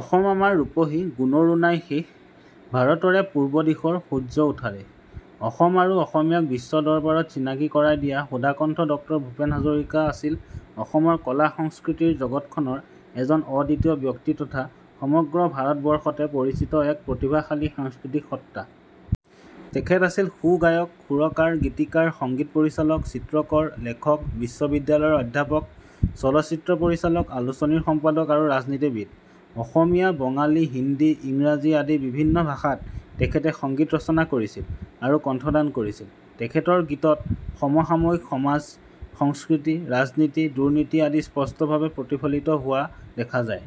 অসম আমাৰ ৰূপহী, গুণৰো নাই শেষ ভাৰতৰে পূব দিশৰ সূৰ্য্য উঠা দেশ। অসম আৰু অসমীয়াক বিশ্ব দৰবাৰত চিনাকি কৰাই দিয়া সুধাকণ্ঠ ড ভূপেন হাজৰিকা আছিল অসমৰ কলা-সংস্কৃতিৰ জগতখনৰ এজন অদ্বিতীয় ব্যক্তি তথা সমগ্ৰ ভাৰতবৰ্ষতে পৰিচিত এক প্ৰতিভাশালী সাংস্কৃতিক সত্ত্বা। তেখেত আছিল সু-গায়ক, সুৰকাৰ, গীতিকাৰ, সংগীত পৰিচালক, চিত্ৰকৰ, লেখক, বিশ্ববিদ্যালয়ৰ অধ্যাপক, চলচ্চিত্ৰ পৰিচালক, আলোচনীৰ সম্পাদক আৰু ৰাজনীতিবিদ। অসমীয়া, বঙালী, হিন্দী, ইংৰাজী আদি বিভিন্ন ভাষাত তেখেতে সংগীত ৰচনা কৰিছিল আৰু কণ্ঠদান কৰিছিল। তেখেতৰ গীতত সমসাময়িক সমাজ, সংস্কৃতি, ৰাজনীতি, দুৰ্নীতি আদি স্পষ্টভাৱে প্ৰতিফলিত হোৱা দেখা যায়।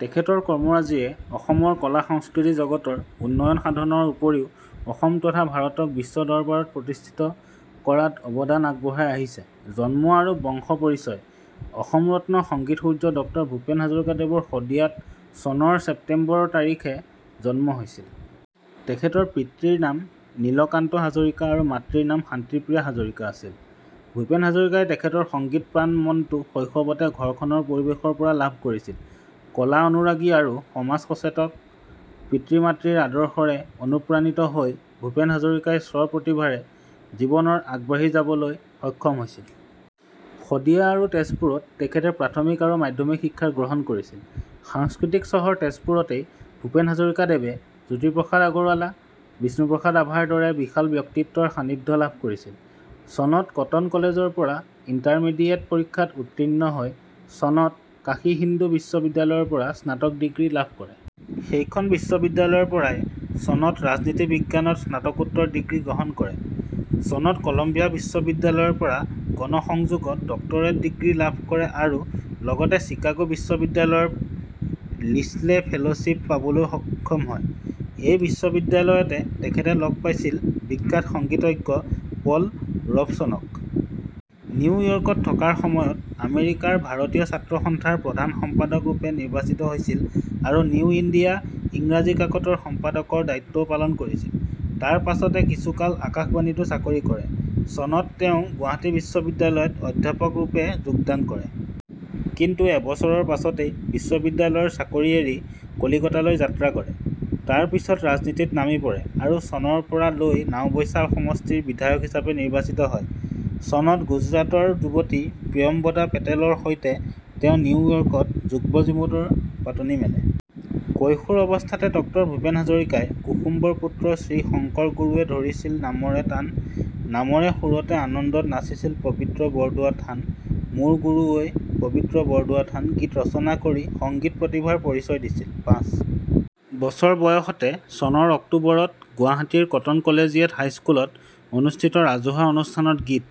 তেখেতৰ কৰ্মৰাজিয়ে অসমৰ কলা-সংস্কৃতি জগতৰ উন্নয়ন সাধনৰ উপৰিও অসম তথা ভাৰতক বিশ্বদৰবাৰত প্ৰতিষ্ঠিত কৰাত অৱদান আগবঢ়াই আহিছে। জন্ম আৰু বংশ পৰিচয়:- অসম ৰত্ন সংগীত সূৰ্য ড ভূপেন হাজৰিকাদেৱৰ শদিয়াত চনৰ চেপ্তেম্বৰ তাৰিখে জন্ম হৈছিল। তেখেতৰ পিতৃৰ নাম নীলকান্ত হাজৰিকা আৰু মাতৃৰ নাম শান্তিপ্ৰিয়া হাজৰিকা আছিল। ভূপেন হাজৰিকাই তেখেতৰ সংগীত প্ৰাণ মনটো শৈশৱতে ঘৰখনৰ পৰিৱেশৰ পৰা লাভ কৰিছিল। কলা অনুৰাগী আৰু সমাজ সচেতক পিতৃ-মাতৃৰ আদৰ্শৰে অনুপ্ৰাণিত হৈ ভূপেন হাজৰিকাই স্ব-প্ৰতিভাৰে জীৱনৰ আগবাঢ়ি যাবলৈ সক্ষম হৈছিল। শদিয়া আৰু তেজপুৰত তেখেতে প্ৰাথমিক আৰু মাধ্যমিক শিক্ষা গ্ৰহণ কৰিছিল। সাংস্কৃতিক চহৰ তেজপুৰতেই ভূপেন হাজৰিকাদেৱে জ্যোতিপ্ৰসাদ আগৰৱালা, বিষ্ণুপ্ৰসাদ ৰাভাৰ দৰে বিশাল ব্যক্তিত্বৰ সান্নিধ্য লাভ কৰিছিল। চনত কটন কলেজৰ পৰা ইণ্টাৰমিডিয়েট পৰীক্ষাত উত্তীৰ্ণ হৈ চনত কাশী হিন্দু বিশ্ববিদ্যালয়ৰ পৰা স্নাতক ডিগ্ৰী লাভ কৰে। সেইখন বিশ্ববিদ্যালয়ৰ পৰাই চনত ৰাজনীতি বিজ্ঞানত স্নাতকোত্তৰ ডিগ্ৰী গ্ৰহণ কৰে। চনত কলম্বিয়া বিশ্ববিদ্যালয়ৰ পৰা গণসংযোগত ডক্টৰেট ডিগ্ৰী লাভ কৰে আৰু লগতে চিকাগো বিশ্ববিদ্যালয়ৰ লিছলে ফেল'শ্বিপ পাবলৈও সক্ষম হয়। এই বিশ্ববিদ্যালয়তে তেখেতে লগ পাইছিল বিখ্যাত সংগীতজ্ঞ 'পল ৰবচনক। ' নিউয়ৰ্কত থকাৰ সময়ত আমেৰিকাৰ ভাৰতীয় ছাত্ৰসস্থাৰ প্ৰধান সম্পাদকৰূপে নিৰ্বাচিত হৈছিল আৰু নিউ ইণ্ডিয়া ইংৰাজী কাকতৰ সম্পাদকৰ দায়িত্বও পালন কৰিছিল। তাৰ পাচতে কিছুকাল আকাশবাণীতো চাকৰি কৰে। চনত তেওঁ গুৱাহাটী বিশ্ববিদ্যালত অধ্যাপকৰূপে যোগদান কৰে। কিন্তু এবছৰৰ পাচতেই বিশ্ববিদ্যালয়ৰ চাকৰি এৰি কলিকতালৈ যাত্ৰা কৰে। তাৰ পিছত ৰাজনীতিত নামি পৰে আৰু চনৰ পৰা লৈ নাওবৈছা সমষ্টিৰ বিধায়ক হিচাপে নিৰ্বাচিত হয়। চনত গুজৰাটৰ যুৱতী প্ৰিয়ম্বদা পেটেলৰ সৈতে তেওঁ নিউয়ৰ্কত যুগ্ম জীৱনৰ পাতনি মেলে। কৈশোৰ অৱস্থাতে ড ভূপেন হাজৰিকাই 'কুসুম্বৰ পুত্ৰ শ্ৰীশংকৰ গুৰুৱে ধৰিছিল নামৰে তান, নামৰে সুৰতে আনন্দত নাচিছিল পৱিত্ৰ বৰদোৱা থান মোৰ গুৰু ঐ, পৱিত্ৰ বৰদোৱা থান' গীত ৰচনা কৰি সংগীত প্ৰতিভাৰ পৰিচয় দিছিল। পাঁচ বছৰ বয়সতে চনৰ অক্টোবৰত গুৱাহাটীৰ কটন কলেজিয়েট হাইস্কুলত অনুষ্ঠিত ৰাজহুৱা অনুষ্ঠানত গীত